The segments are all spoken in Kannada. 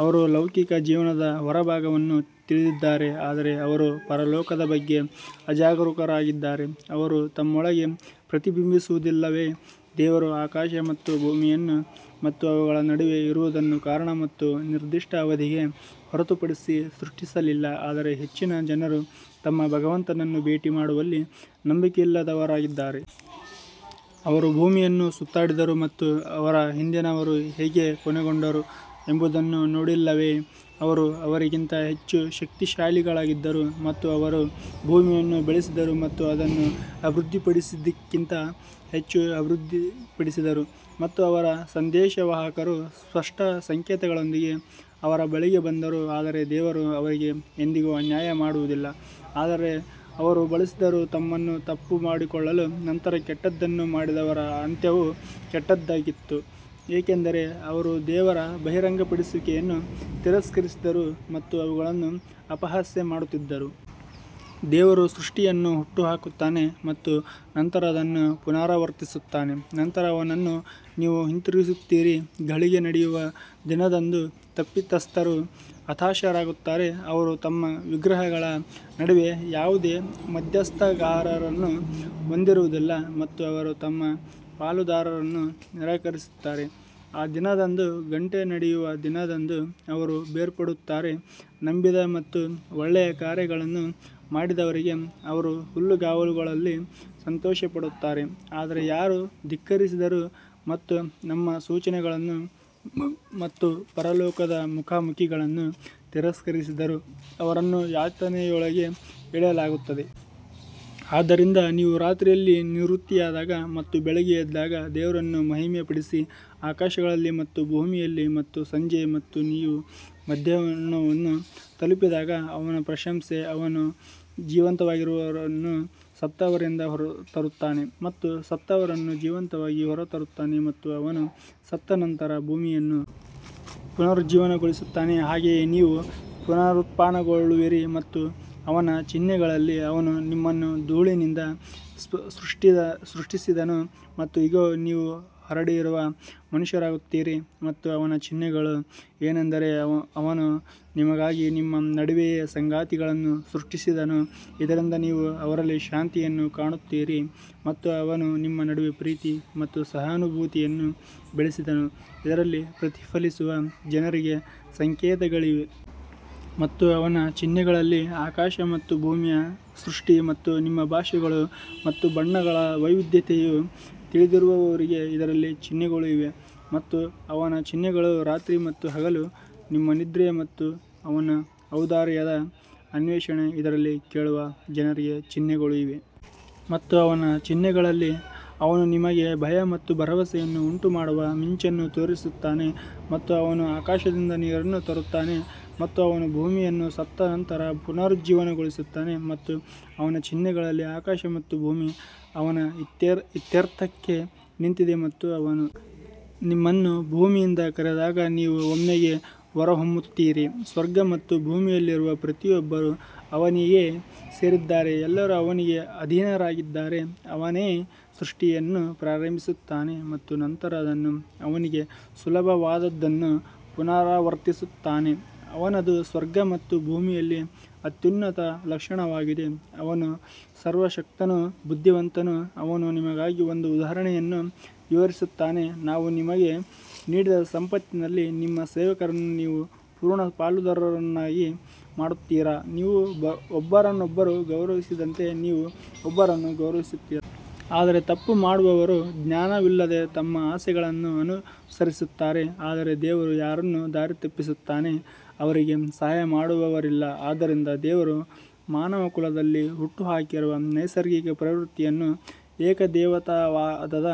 ಅವರು ಲೌಕಿಕ ಜೀವನದ ಹೊರಭಾಗವನ್ನು ತಿಳಿದಿದ್ದಾರೆ ಆದರೆ ಅವರು ಪರಲೋಕದ ಬಗ್ಗೆ ಅಜಾಗರೂಕರಾಗಿದ್ದಾರೆ ಅವರು ತಮ್ಮೊಳಗೆ ಪ್ರತಿಬಿಂಬಿಸುವುದಿಲ್ಲವೇ, ದೇವರು ಆಕಾಶ ಮತ್ತು ಭೂಮಿಯನ್ನು ಮತ್ತು ಅವುಗಳ ನಡುವೆ ಇರುವದನ್ನು ಕಾರಣ ಮತ್ತು ನಿರ್ದಿಷ್ಟ ಅವಧಿಗೆ ಹೊರತುಪಡಿಸಿ ಸೃಷ್ಟಿಸಲಿಲ್ಲ ಆದರೆ ಹೆಚ್ಚಿನ ಜನರು ತಮ್ಮ ಭಗವಂತನನ್ನು ಭೇಟಿ ಮಾಡುವಲ್ಲಿ ನಂಬಿಕೆಯಿಲ್ಲದವರಾಗಿದ್ದಾರೆ. ಅವರು ಭೂಮಿಯನ್ನು ಸುತ್ತಾಡಿದರು ಮತ್ತು ಅವರ ಹಿಂದಿನವರು ಹೇಗೆ ಕೊನೆಗೊಂಡರು ಎಂಬುದನ್ನು ನೋಡಿಲ್ಲವೇ ಅವರು ಅವರಿಗಿಂತ ಹೆಚ್ಚು ಶಕ್ತಿಶಾಲಿಗಳಾಗಿದ್ದರು ಮತ್ತು ಅವರು ಭೂಮಿಯನ್ನು ಬೆಳೆಸಿದರು ಮತ್ತು ಅದನ್ನು ಅಭಿವೃದ್ಧಿಪಡಿಸಿದಕ್ಕಿಂತ ಹೆಚ್ಚು ಅಭಿವೃದ್ಧಿಪಡಿಸಿದರು ಮತ್ತು ಅವರ ಸಂದೇಶವಾಹಕರು ಸ್ಪಷ್ಟ ಸಂಕೇತಗಳೊಂದಿಗೆ ಅವರ ಬಳಿಗೆ ಬಂದರು ಆದರೆ ದೇವರು ಅವರಿಗೆ ಎಂದಿಗೂ ಅನ್ಯಾಯ ಮಾಡುವುದಿಲ್ಲ ಆದರೆ ಅವರು ಬಳಸಿದರು ತಮ್ಮನ್ನು ತಪ್ಪು ಮಾಡಿಕೊಳ್ಳಲು ನಂತರ ಕೆಟ್ಟದ್ದನ್ನು ಮಾಡಿದವರ ಅಂತ್ಯವು ಕೆಟ್ಟದ್ದಾಗಿತ್ತು, ಏಕೆಂದರೆ ಅವರು ದೇವರ ಬಹಿರಂಗಪಡಿಸುವಿಕೆಯನ್ನು ತಿರಸ್ಕರಿಸಿದರು ಮತ್ತು ಅವುಗಳನ್ನು ಅಪಹಾಸ್ಯ ಮಾಡುತ್ತಿದ್ದರು. ದೇವರು ಸೃಷ್ಟಿಯನ್ನು ಹುಟ್ಟುಹಾಕುತ್ತಾನೆ ಮತ್ತು ನಂತರ ಅದನ್ನು ಪುನರಾವರ್ತಿಸುತ್ತಾನೆ ನಂತರ ಅವನನ್ನು ನೀವು ಹಿಂತಿರುಗಿಸುತ್ತೀರಿ ಘಳಿಗೆ ನಡೆಯುವ ದಿನದಂದು ತಪ್ಪಿತಸ್ಥರು ಹತಾಶರಾಗುತ್ತಾರೆ ಅವರು ತಮ್ಮ ವಿಗ್ರಹಗಳ ನಡುವೆ ಯಾವುದೇ ಮಧ್ಯಸ್ಥಗಾರರನ್ನು ಹೊಂದಿರುವುದಿಲ್ಲ ಮತ್ತು ಅವರು ತಮ್ಮ ಪಾಲುದಾರರನ್ನು ನಿರಾಕರಿಸುತ್ತಾರೆ ಆ ದಿನದಂದು ಗಂಟೆ ನಡೆಯುವ ದಿನದಂದು ಅವರು ಬೇರ್ಪಡುತ್ತಾರೆ ನಂಬಿದ ಮತ್ತು ಒಳ್ಳೆಯ ಕಾರ್ಯಗಳನ್ನು ಮಾಡಿದವರಿಗೆ ಅವರು ಹುಲ್ಲುಗಾವಲುಗಳಲ್ಲಿ ಸಂತೋಷಪಡುತ್ತಾರೆ ಆದರೆ ಯಾರು ಧಿಕ್ಕರಿಸಿದರು ಮತ್ತು ನಮ್ಮ ಸೂಚನೆಗಳನ್ನು ಮತ್ತು ಪರಲೋಕದ ಮುಖಾಮುಖಿಗಳನ್ನು ತಿರಸ್ಕರಿಸಿದರು, ಅವರನ್ನು ಯಾತನೆಯೊಳಗೆ ಎಳೆಯಲಾಗುತ್ತದೆ. ಆದ್ದರಿಂದ ನೀವು ರಾತ್ರಿಯಲ್ಲಿ ನಿವೃತ್ತಿಯಾದಾಗ ಮತ್ತು ಬೆಳಿಗ್ಗೆ ಎದ್ದಾಗ ದೇವರನ್ನು ಮಹಿಮೆಪಡಿಸಿ ಆಕಾಶಗಳಲ್ಲಿ ಮತ್ತು ಭೂಮಿಯಲ್ಲಿ ಮತ್ತು ಸಂಜೆ ಮತ್ತು ನೀವು ಮಧ್ಯಾಹ್ನವನ್ನು ತಲುಪಿದಾಗ ಅವನ ಪ್ರಶಂಸೆ ಅವನು ಜೀವಂತವಾಗಿರುವವರನ್ನು ಸತ್ತವರಿಂದ ಹೊರತರುತ್ತಾನೆ ಮತ್ತು ಸತ್ತವರನ್ನು ಜೀವಂತವಾಗಿ ಹೊರತರುತ್ತಾನೆ ಮತ್ತು ಅವನು ಸತ್ತ ನಂತರ ಭೂಮಿಯನ್ನು ಪುನರುಜ್ಜೀವನಗೊಳಿಸುತ್ತಾನೆ ಹಾಗೆಯೇ ನೀವು ಪುನರುತ್ಥಾನಗೊಳ್ಳುವಿರಿ ಮತ್ತು ಅವನ ಚಿಹ್ನೆಗಳಲ್ಲಿ ಅವನು ನಿಮ್ಮನ್ನು ಧೂಳಿನಿಂದ ಸೃಷ್ಟಿಸಿದನು ಮತ್ತು ಇಗೋ, ನೀವು ಹರಡಿರುವ ಮನುಷ್ಯರಾಗುತ್ತೀರಿ ಮತ್ತು ಅವನ ಚಿಹ್ನೆಗಳು ಏನೆಂದರೆ, ಅವನು ನಿಮಗಾಗಿ ನಿಮ್ಮ ನಡುವೆಯೇ ಸಂಗಾತಿಗಳನ್ನು ಸೃಷ್ಟಿಸಿದನು, ಇದರಿಂದ ನೀವು ಅವರಲ್ಲಿ ಶಾಂತಿಯನ್ನು ಕಾಣುತ್ತೀರಿ ಮತ್ತು ಅವನು ನಿಮ್ಮ ನಡುವೆ ಪ್ರೀತಿ ಮತ್ತು ಸಹಾನುಭೂತಿಯನ್ನು ಬೆಳೆಸಿದನು, ಇದರಲ್ಲಿ ಪ್ರತಿಫಲಿಸುವ ಜನರಿಗೆ ಸಂಕೇತಗಳಿವೆ. ಮತ್ತು ಅವನ ಚಿಹ್ನೆಗಳಲ್ಲಿ ಆಕಾಶ ಮತ್ತು ಭೂಮಿಯ ಸೃಷ್ಟಿ ಮತ್ತು ನಿಮ್ಮ ಭಾಷೆಗಳು ಮತ್ತು ಬಣ್ಣಗಳ ವೈವಿಧ್ಯತೆಯು ತಿಳಿದಿರುವವರಿಗೆ ಇದರಲ್ಲಿ ಚಿಹ್ನೆಗಳು ಇವೆ. ಮತ್ತು ಅವನ ಚಿಹ್ನೆಗಳು ರಾತ್ರಿ ಮತ್ತು ಹಗಲು ನಿಮ್ಮ ನಿದ್ರೆ ಮತ್ತು ಅವನ ಔದಾರ್ಯದ ಅನ್ವೇಷಣೆ ಇದರಲ್ಲಿ ಕೇಳುವ ಜನರಿಗೆ ಚಿಹ್ನೆಗಳು ಇವೆ. ಮತ್ತು ಅವನ ಚಿಹ್ನೆಗಳಲ್ಲಿ ಅವನು ನಿಮಗೆ ಭಯ ಮತ್ತು ಭರವಸೆಯನ್ನು ಉಂಟುಮಾಡುವ ಮಿಂಚನ್ನು ತೋರಿಸುತ್ತಾನೆ ಮತ್ತು ಅವನು ಆಕಾಶದಿಂದ ನೀರನ್ನು ತರುತ್ತಾನೆ ಮತ್ತು ಅವನು ಭೂಮಿಯನ್ನು ಸತ್ತ ನಂತರ ಪುನರುಜ್ಜೀವನಗೊಳಿಸುತ್ತಾನೆ. ಮತ್ತು ಅವನ ಚಿಹ್ನೆಗಳಲ್ಲಿ ಆಕಾಶ ಮತ್ತು ಭೂಮಿ ಅವನ ಇತ್ಯರ್ಥಕ್ಕೆ ನಿಂತಿದೆ ಮತ್ತು ಅವನು ನಿಮ್ಮನ್ನು ಭೂಮಿಯಿಂದ ಕರೆದಾಗ ನೀವು ಒಮ್ಮೆಗೇ ಹೊರಹೊಮ್ಮುತ್ತೀರಿ ಸ್ವರ್ಗ ಮತ್ತು ಭೂಮಿಯಲ್ಲಿರುವ ಪ್ರತಿಯೊಬ್ಬರೂ ಅವನಿಗೇ ಸೇರಿದ್ದಾರೆ ಎಲ್ಲರೂ ಅವನಿಗೆ ಅಧೀನರಾಗಿದ್ದಾರೆ ಅವನೇ ಸೃಷ್ಟಿಯನ್ನು ಪ್ರಾರಂಭಿಸುತ್ತಾನೆ ಮತ್ತು ನಂತರ ಅದನ್ನು ಅವನಿಗೆ ಸುಲಭವಾದದ್ದನ್ನು ಪುನರಾವರ್ತಿಸುತ್ತಾನೆ ಅವನದು ಸ್ವರ್ಗ ಮತ್ತು ಭೂಮಿಯಲ್ಲಿ ಅತ್ಯುನ್ನತ ಲಕ್ಷಣವಾಗಿದೆ ಅವನು ಸರ್ವಶಕ್ತನು ಬುದ್ಧಿವಂತನು ಅವನು ನಿಮಗಾಗಿ ಒಂದು ಉದಾಹರಣೆಯನ್ನು ವಿವರಿಸುತ್ತಾನೆ, ನಾವು ನಿಮಗೆ ನೀಡಿದ ಸಂಪತ್ತಿನಲ್ಲಿ ನಿಮ್ಮ ಸೇವಕರನ್ನು ನೀವು ಪೂರ್ಣ ಪಾಲುದಾರರನ್ನಾಗಿ ಮಾಡುತ್ತೀರಾ, ನೀವು ಒಬ್ಬರನ್ನೊಬ್ಬರು ಗೌರವಿಸಿದಂತೆ ನೀವು ಅವರನ್ನು ಗೌರವಿಸುತ್ತೀರಾ? ಆದರೆ ತಪ್ಪು ಮಾಡುವವರು ಜ್ಞಾನವಿಲ್ಲದೆ ತಮ್ಮ ಆಸೆಗಳನ್ನು ಅನುಸರಿಸುತ್ತಾರೆ ಆದರೆ ದೇವರು ಯಾರನ್ನು ದಾರಿತಪ್ಪಿಸುತ್ತಾನೆ, ಅವರಿಗೆ ಸಹಾಯ ಮಾಡುವವರಿಲ್ಲ ಆದ್ದರಿಂದ ದೇವರು ಮಾನವಕುಲದಲ್ಲಿ ಹುಟ್ಟುಹಾಕಿರುವ ನೈಸರ್ಗಿಕ ಪ್ರವೃತ್ತಿಯನ್ನು ಏಕದೇವತಾವಾದದ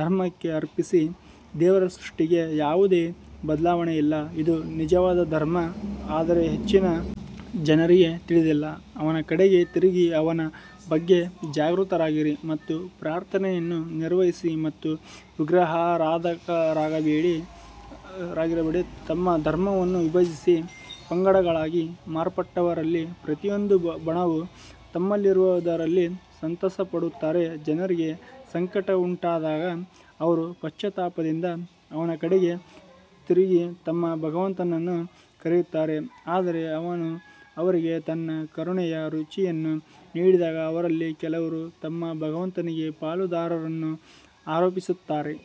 ಧರ್ಮಕ್ಕೆ ಅರ್ಪಿಸಿ, ದೇವರ ಸೃಷ್ಟಿಗೆ ಯಾವುದೇ ಬದಲಾವಣೆ ಇಲ್ಲ ಇದು ನಿಜವಾದ ಧರ್ಮ ಆದರೆ ಹೆಚ್ಚಿನ ಜನರಿಗೆ ತಿಳಿದಿಲ್ಲ ಅವನ ಕಡೆಗೆ ತಿರುಗಿ ಅವನ ಬಗ್ಗೆ ಜಾಗೃತರಾಗಿರಿ ಮತ್ತು ಪ್ರಾರ್ಥನೆಯನ್ನು ನಿರ್ವಹಿಸಿ ಮತ್ತು ವಿಗ್ರಹಾರಾಧಕರಾಗಿರಬೇಡಿ ತಮ್ಮ ಧರ್ಮವನ್ನು ವಿಭಜಿಸಿ ಪಂಗಡಗಳಾಗಿ ಮಾರ್ಪಟ್ಟವರಲ್ಲಿ ಪ್ರತಿಯೊಂದು ಬಣವೂ ತಮ್ಮಲ್ಲಿರುವದರಲ್ಲಿ ಸಂತಸಪಡುತ್ತಾರೆ ಜನರಿಗೆ ಸಂಕಟವುಂಟಾದಾಗ ಅವರು ಪಶ್ಚಾತ್ತಾಪದಿಂದ ಅವನ ಕಡೆಗೆ ತಿರುಗಿ ತಮ್ಮ ಭಗವಂತನನ್ನು ಕರೆಯುತ್ತಾರೆ ಆದರೆ ಅವನು ಅವರಿಗೆ ತನ್ನ ಕರುಣೆಯ ರುಚಿಯನ್ನು ನೀಡಿದಾಗ ಅವರಲ್ಲಿ ಕೆಲವರು ತಮ್ಮ ಭಗವಂತನಿಗೆ ಪಾಲುದಾರರನ್ನು ಆರೋಪಿಸುತ್ತಾರೆ.